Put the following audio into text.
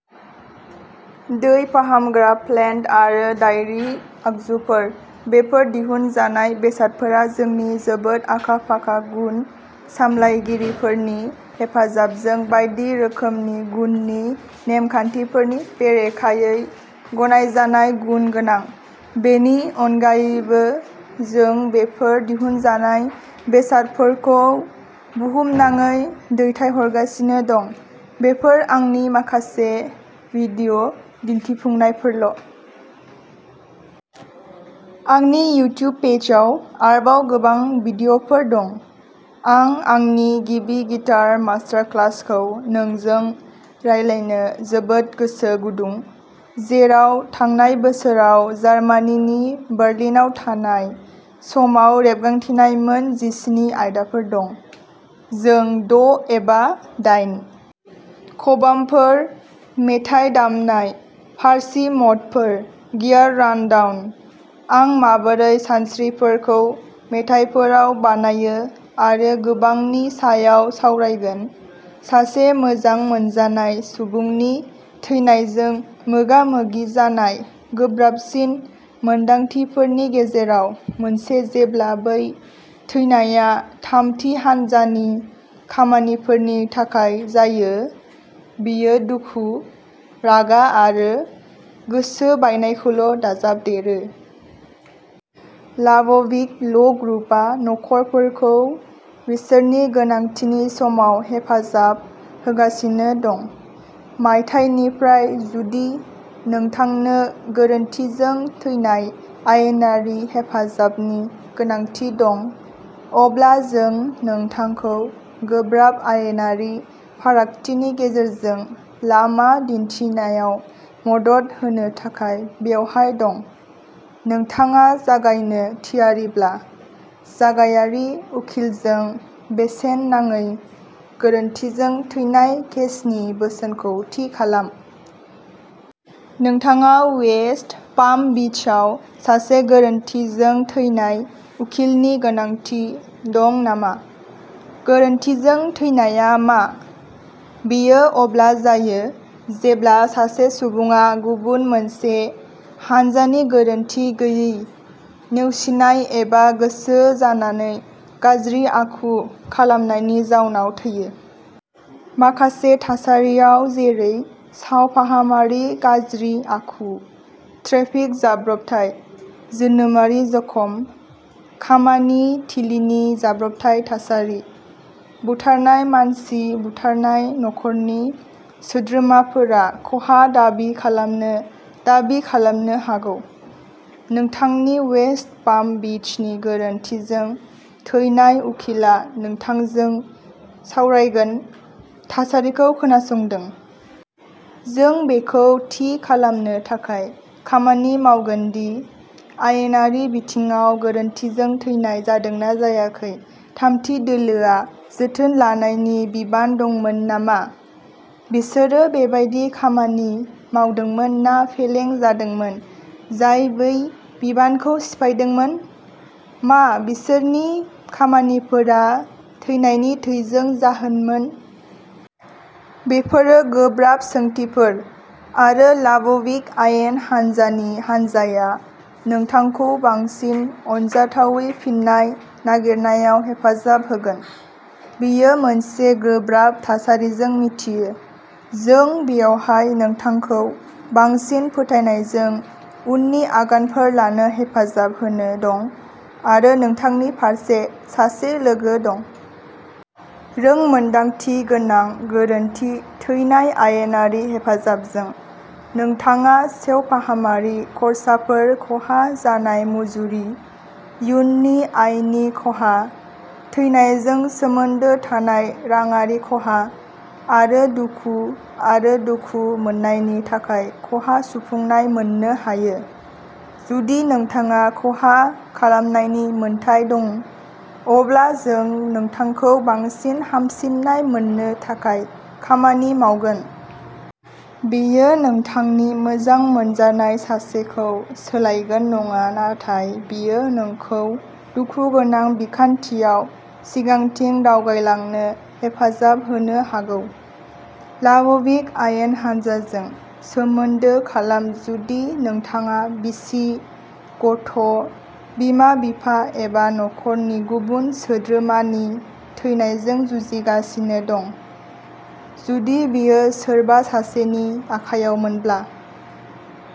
दै फाहामग्रा प्लेन्ट आरो डायरी आगजुफोर। बेफोर दिहुनजानाय बेसादफोरा जोंनि जोबोद आखा-फाखा गुन सामलायगिरिफोरनि हेफाजाबजों बायदि रोखोमनि गुननि नेमखान्थिफोरनि बेरेखायै गनायजानाय गुन गोनां। बेनि अनगायैबो, जों बेफोर दिहुनजानाय बेसादफोरखौ बुहुमनाङै दैथायहरगासिनो दं। बेफोर आंनि माखासे भिडिय' दिन्थिफुंनायफोरल'। आंनि इउटिउब पेजआव आरबाव गोबां भिडिय'फोर दं! आं आंनि गिबि गिटार मास्टारक्लासखौ नोंजों रायलायनो जोबोद गोसो गुदुं, जेराव थांनाय बोसोराव जार्मानिनि बार्लिनाव थानाय समाव रेबगान्थिनाय मोन जिसिनि आयदाफोर दं। जों द' एबा दाइन खबामफोर, मेथाइ दामनाय, फारसी मडफोर, गियार रानडाउन, आं माबोरै सानस्रिफोरखौ मेथाइफोराव बानायो आरो गोबांनि सायाव सावरायगोन सासे मोजां मोनजानाय सुबुंनि थैनायजों मोगा-मोगि जानाय गोब्राबसिन मोनदांथिफोरनि गेजेराव मोनसे जेब्ला बै थैनाया थामथि हान्जानि खामानिफोरनि थाखाय जायो, बेयो दुखु, रागा आरो गोसो बायनायखौल' दाजाबदेरो। लाब'भिक ल'ग्रुपआ न'खरफोरखौ बिसोरनि गोनांथिनि समाव हेफाजाब होगासिनो दं। मायथाइनिफ्राय जुदि नोंथांनो गोरोन्थिजों थैनाय आयेनारि हेफाजाबनि गोनांथि दं, अब्ला जों नोंथांखौ गोब्राब आयेनारि फारागथिनि गेजेरजों लामा दिन्थिनायाव मदद होनो थाखाय बेवहाय दं। नोंथाङा जागायनो थियारिब्ला, जागायारि उखिलजों बेसेन नाङै गोरोन्थिजों थैनाय केसनि बोसोनखौ थि खालाम। नोंथाङा वेस्ट पाम बीचआव सासे गोरोन्थिजों थैनाय उखिलनि गोनांथि दं नामा? "गोरोन्थिजों थैनाया" मा? बेयो अब्ला जायो जेब्ला सासे सुबुङा गुबुन मोनसे हान्जानि गोरोनथि गैयै, नेवसिनाय एबा गोसो जानानै गाज्रि आखु खालामनायनि जाउनाव थैयो। माखासे थासारियाव-जेरै सावफाहामारि गाज्रि आखु, ट्रेफिक जाब्रबथाय, जोनोमारि जखम, खामानि थिलिनि जाब्रबथाय थासारि, बुथारनाय मानसि बुथारनाय न; खरनि सोद्रोमाफोरा खहा दाबि खालामनो दाबि खालामनो हागौ। नोंथांनि वेस्ट पाम बीचनि गोरोन्थिजों थैनाय उखिलआ नोंथांजों सावरायगोन, थासारिखौ खोनासंदों। जों बेखौ थि खालामनो थाखाय खामानि मावगोन दि आयेनारि बिथिङाव गोरोन्थिजों थैनाय जादोंना जायाखै थामथि दोलोआ जोथोन लानायनि बिबान दंमोन नामा? बिसोरो बेबादि खामानि मावदोंमोन ना फेलें जादोंमोन जाय बै बिबानखौ सिफायदोंमोन? मा बिसोरनि खामानिफोरा थैनायनि थैजों जाहोनमोन? बेफोरो गोब्राब सोंथिफोर, आरो लाब'भिक आयेन हान्जानि हान्जाया नोंथांखौ बांसिन अनजाथावै फिन्नाय नागिरनायाव हेफाजाब होगोन। बेयो मोनसे गोब्राब थासारिजों मिथियो। जों बेवहाय नोंथांखौ बांसिन फोथायनायजों उननि आगानफोर लानो हेफाजाब होनो दं आरो नोंथांनि फारसे सासे लोगो दं। रोंमोन्दांथि गोनां गोरोन्थि थैनाय आयेनारि हेफाजाबजों, नोंथाङा सेवफाहामारि खर्साफोर खहा जानाय मुजुरि, इयुननि आयनि खहा, थैनायजों सोमोन्दो थानाय रांआरि खहा, आरो दुखु आरो दुखु मोन्नायनि थाखाय खहा सुफुंनाय मोन्नो हायो। जुदि नोंथाङा खहा खालामनायनि मोनथाय दं, अब्ला जों नोंथांखौ बांसिन हामसिननाय मोन्नो थाखाय खामानि मावगोन। बेयो नोंथांनि मोजां मोनजानाय सासेखौ सोलायगोन नङा नाथाय बेयो नोंखौ दुखुगोनां बिखान्थियाव सिगांथिं दावगायलांनो हेफाजाब होनो हागौ। लाब'भिक आयेन हान्जाजों सोमोन्दो खालाम जुदि नोंथाङा बिसि, गथ', बिमा-बिफा एबा न'खरनि गुबुन सोद्रोमानि थैनायजों जुजिगासिनो दं। जुदि बेयो सोरबा सासेनि आखाइयावमोनब्ला।